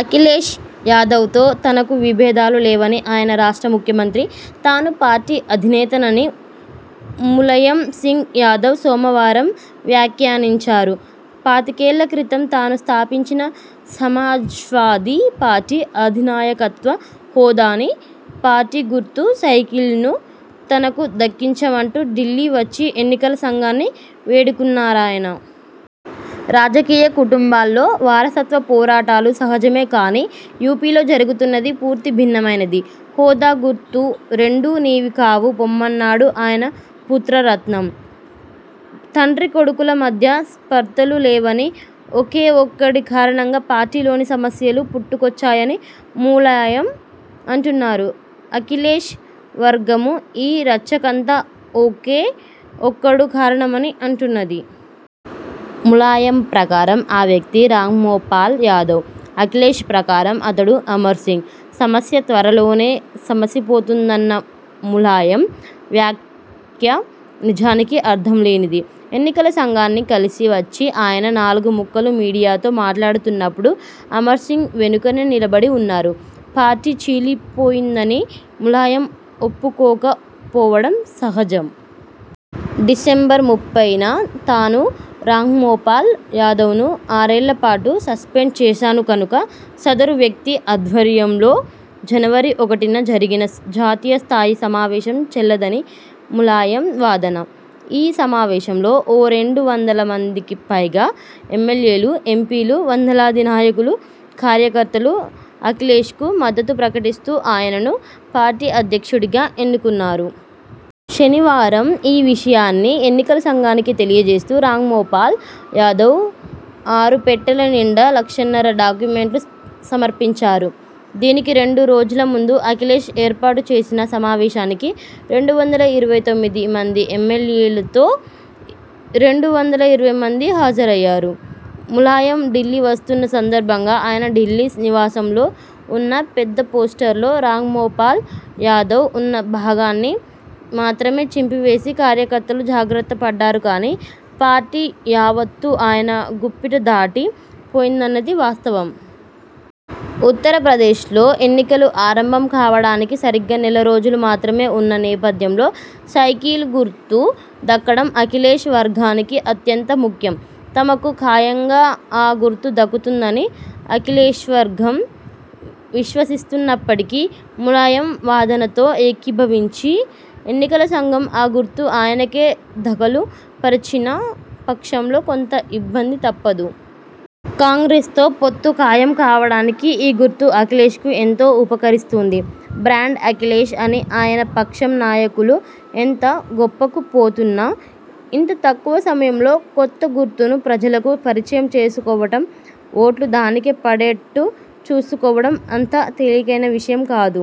అఖిలేష్ యాదవ్తో తనకు విభేదాలు లేవనీ, ఆయన రాష్ట్ర ముఖ్యమంత్రి, తాను పార్టీ అధినేతనని ములయం సింగ్ యాదవ్ సోమవారం వ్యాఖ్యానించారు. పాతికేళ్ళ క్రితం తాను స్థాపించిన సమాజ్వాదీ పార్టీ అధినాయకత్వ హోదానీ, పార్టీ గుర్తు సైకిల్నూ తనకు దక్కించవంటూ ఢిల్లీ వచ్చి ఎన్నికల సంఘాన్ని వేడుకున్నారాయన. రాజకీయ కుటుంబాల్లో వారసత్వ పోరాటాలు సహజమే కానీ, యూపీలో జరుగుతున్నది పూర్తి భిన్నమైనది. హోదా, గుర్తు రెండూ నీవి కావు పొమ్మన్నాడు ఆయన పుత్రరత్నం. తండ్రీకొడుకుల మధ్య స్పర్థలు లేవనీ, ఒకే ఒక్కడి కారణంగా పార్టీలోనే సమస్యలు పుట్టుకొచ్చాయని ములాయం అంటున్నారు. అఖిలేష్ వర్గమూ ఈ రచ్చకంతా ఒకే ఒక్కడు కారణమని అంటున్నది. ములాయం ప్రకారం ఆ వ్యక్తి రామ్గోపాల్ యాదవ్. అఖిలేష్ ప్రకారం అతడు అమర్సింగ్. సమస్య త్వరలోనే సమసిపోతుందన్న ములాయం వ్యాఖ్య నిజానికి అర్థంలేనిది. ఎన్నికల సంఘాన్ని కలిసి వచ్చి ఆయన నాలుగు ముక్కలు మీడియాతో మాట్లాడుతున్నప్పుడు అమర్సింగ్ వెనుకనే నిలబడి ఉన్నారు. పార్టీ చీలిపోయిందని ములాయం ఒప్పుకోక పోవడం సహజం. డిసెంబరు ముప్పైన తాను రామ్గోపాల్ యాదవ్ను ఆరేళ్ళ పాటు సస్పెండు చేశాను కనుక, సదరు వ్యక్తి ఆధ్వర్యంలో జనవరి ఒకటిన జరిగిన జాతీయ స్థాయి సమావేశం చెల్లదని ములాయం వాదన. ఈ సమావేశంలో ఓ రెండు వందల మందికి పైగా ఎమ్మెల్యేలూ, ఎంపీలు, వందలాది నాయకులూ కార్యకర్తలూ అఖిలేష్కు మద్దతు ప్రకటిస్తూ, ఆయనను పార్టీ అధ్యక్షుడిగా ఎన్నుకున్నారు. శనివారం ఈ విషయాన్ని ఎన్నికల సంఘానికి తెలియచేస్తూ రామ్గోపాల్ యాదవ్ ఆరు పెట్టెల నిండా లక్షన్నర డాక్యుమెంట్లు సమర్పించారు. దీనికి రెండు రోజుల ముందు అఖిలేష్ ఏర్పాటుచేసిన సమావేశానికి రెండు వందల ఇరవై తొమ్మిది మంది ఎమ్మెల్యేలతో రెండు వందల ఇరవై మంది హాజరయ్యారు. ములాయం ఢిల్లీ వస్తున్న సందర్భంగా ఆయన ఢిల్లీ నివాసంలో ఉన్న పెద్ద పోస్టర్లో రామ్గోపాల్ యాదవ్ ఉన్న భాగాన్ని మాత్రమే చింపివేసి కార్యకర్తలు జాగ్రత్త పడ్డారు కానీ, పార్టీ యావత్తూ ఆయన గుప్పిట దాటి పోయిందన్నది వాస్తవం. ఉత్తరప్రదేశ్లో ఎన్నికలు ఆరంభం కావడానికి సరిగ్గా నెల రోజులు మాత్రమే ఉన్న నేపథ్యంలో, సైకిల్ గుర్తు దక్కడం అఖిలేష్ వర్గానికి అత్యంత ముఖ్యం. తమకు ఖాయంగా ఆ గుర్తు దక్కుతుందని అఖిలేష్వర్గం విశ్వసిస్తున్నప్పటికీ, ములాయం వాదనతో ఏకీభవించి ఎన్నికల సంఘం ఆ గుర్తు ఆయనకే దఖలు పరచిన పక్షంలో కొంత ఇబ్బంది తప్పదు. కాంగ్రెస్తో పొత్తు ఖాయం కావడానికి ఈ గుర్తు అఖిలేష్కు ఎంతో ఉపకరిస్తుంది. 'బ్రాండ్ అఖిలేష్' అని ఆయన పక్షం నాయకులు ఎంత గొప్పకు పోతున్నా, ఇంత తక్కువ సమయంలో కొత్త గుర్తును ప్రజలకు పరిచయం చేసుకోవడం, ఓట్లు దానికే పడేట్టు చూసుకోవడం అంత తేలికైన విషయం కాదు.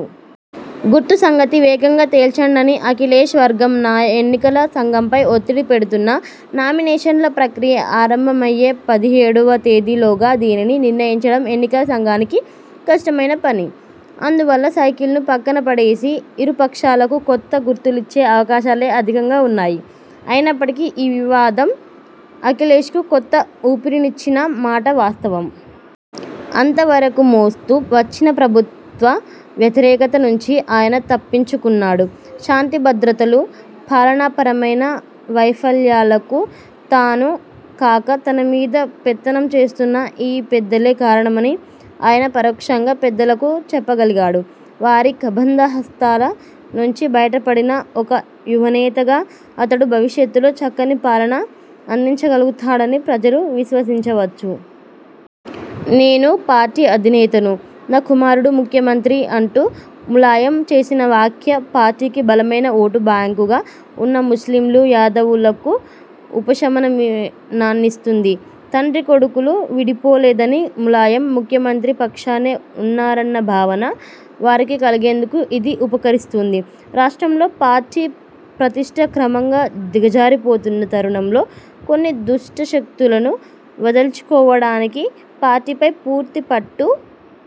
గుర్తు సంగతి వేగంగా తేల్చండని అఖిలేష్ వర్గం ఎన్నికల సంఘంపై ఒత్తిడి పెడుతున్నా, నామినేషన్ల ప్రక్రియ ఆరంభమయ్యే పదిహేడువ తేదీలోగా దీనిని నిర్ణయించడం ఎన్నికల సంఘానికి కష్టమైన పని. అందువల్ల, సైకిల్ను పక్కన పడేసి, ఇరు పక్షాలకూ కొత్త గుర్తులిచ్చే అవకాశాలే అధికంగా ఉన్నాయి. అయినప్పటికీ, ఈ వివాదం అఖిలేష్కు కొత్త ఊపిరినిచ్చిన మాట వాస్తవం. అంతవరకూ మోస్తూ వచ్చిన ప్రభుత్వ వ్యతిరేకత నుంచి ఆయన తప్పించుకున్నాడు. శాంతి భద్రతలు, పాలనాపరమైన వైఫల్యాలకు తాను కాక, తనమీద పెత్తనం చేస్తున్న ఈ పెద్దలే కారణమని ఆయన పరోక్షంగా ప్రజలకు చెప్పగలిగాడు. వారి కబంధహస్తాల నుంచి బయట పడిన ఒక యువనేతగా అతడు భవిష్యత్తులో చక్కని పాలన అందించగలుగుతాడని ప్రజలు విశ్వసించవచ్చు. నేను పార్టీ అధినేతను, నా కుమారుడు ముఖ్యమంత్రి అంటూ ములాయం చేసిన వ్యాఖ్య పార్టీకి బలమైన ఓటు బ్యాంకుగా ఉన్న ముస్లింలు, యాదవులకు ఉపశమనం నాన్నిస్తుంది. తండ్రీకొడుకులు విడిపోలేదనీ, ములాయం ముఖ్యమంత్రి పక్షానే ఉన్నారన్న భావన వారికి కలిగేందుకు ఇది ఉపకరిస్తుంది. రాష్ట్రంలో పార్టీ ప్రతిష్ఠ క్రమంగా దిగజారిపోతున్న తరుణంలో కొన్ని దుష్ట శక్తులను వదల్చుకోవడానికీ, పార్టీపై పూర్తి పట్టు